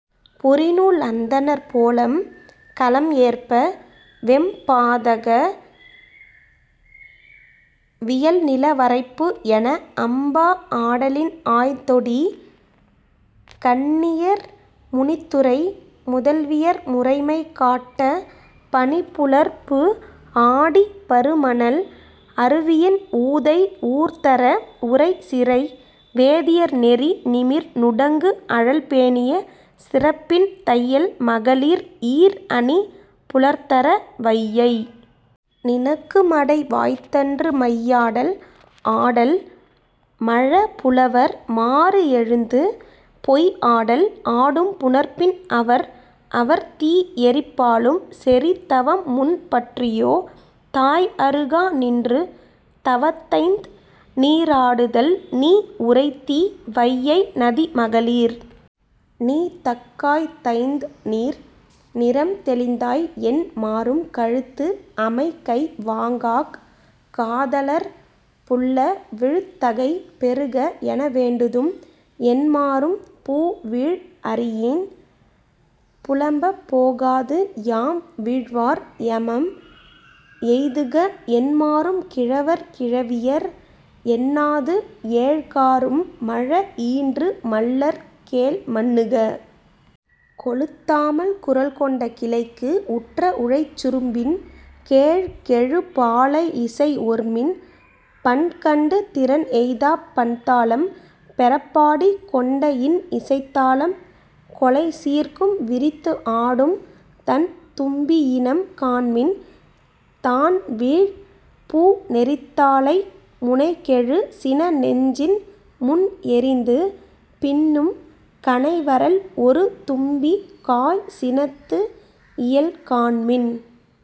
புரி நூல் அந்தணர் பொலம் கலம் ஏற்ப, 'வெம்பாதாக, வியல் நில வரைப்பு! ' என அம்பா ஆடலின் ஆய் தொடிக் கன்னியர், முனித் துறை முதல்வியர் முறைமை காட்ட, பனிப் புலர்பு ஆடி, பரு மணல் அருவியின் ஊதை ஊர்தர, உறை சிறை வேதியர் நெறி நிமிர் நுடங்கு அழல் பேணிய சிறப்பின், தையல் மகளிர் ஈர் அணி புலர்த்தர, வையை! நினக்கு மடை வாய்த்தன்று. மையாடல் ஆடல் மழ புலவர் மாறு எழுந்து, பொய் ஆடல் ஆடும் புணர்ப்பின் அவர், அவர் தீ எரிப் பாலும் செறி தவம் முன் பற்றியோ, தாய் அருகா நின்று தவத் தைந் நீராடுதல்? நீ உரைத்தி, வையை நதி! மகளிர் 'நீ தக்காய், தைந் நீர்! நிறம் தெளிந்தாய்' என்மாரும், ' "கழுத்து அமை கை வாங்காக் காதலர்ப் புல்ல, விழுத் தகை பெறுக! " என வேண்டுதும்' என்மாரும், 'பூ வீழ் அரியின் புலம்பப் போகாது, யாம் வீழ்வார், ஏமம் எய்துக! ' என்மாரும், ' "கிழவர் கிழவியர்" என்னாது, ஏழ்காறும், மழ ஈன்று மல்லற் கேள் மன்னுக! கொளுத்தாமல், குரல் கொண்ட கிளைக்கு உற்ற உழைச் சுரும்பின் கேழ் கெழு பாலை இசை ஒர்மின்: பண் கண்டு திறன் எய்தாப் பண் தாளம் பெறப் பாடி, கொண்ட இன் இசைத் தாளம் கொளை சீர்க்கும் விரித்து ஆடும் தண் தும்பியினம் காண்மின்: தான் வீழ் பூ நெரித்தாளை முனை கெழு சின நெஞ்சின் முன் எறிந்து, பின்னும், கனை வரல் ஒரு தும்பி காய் சினத்து இயல் காண்மின்.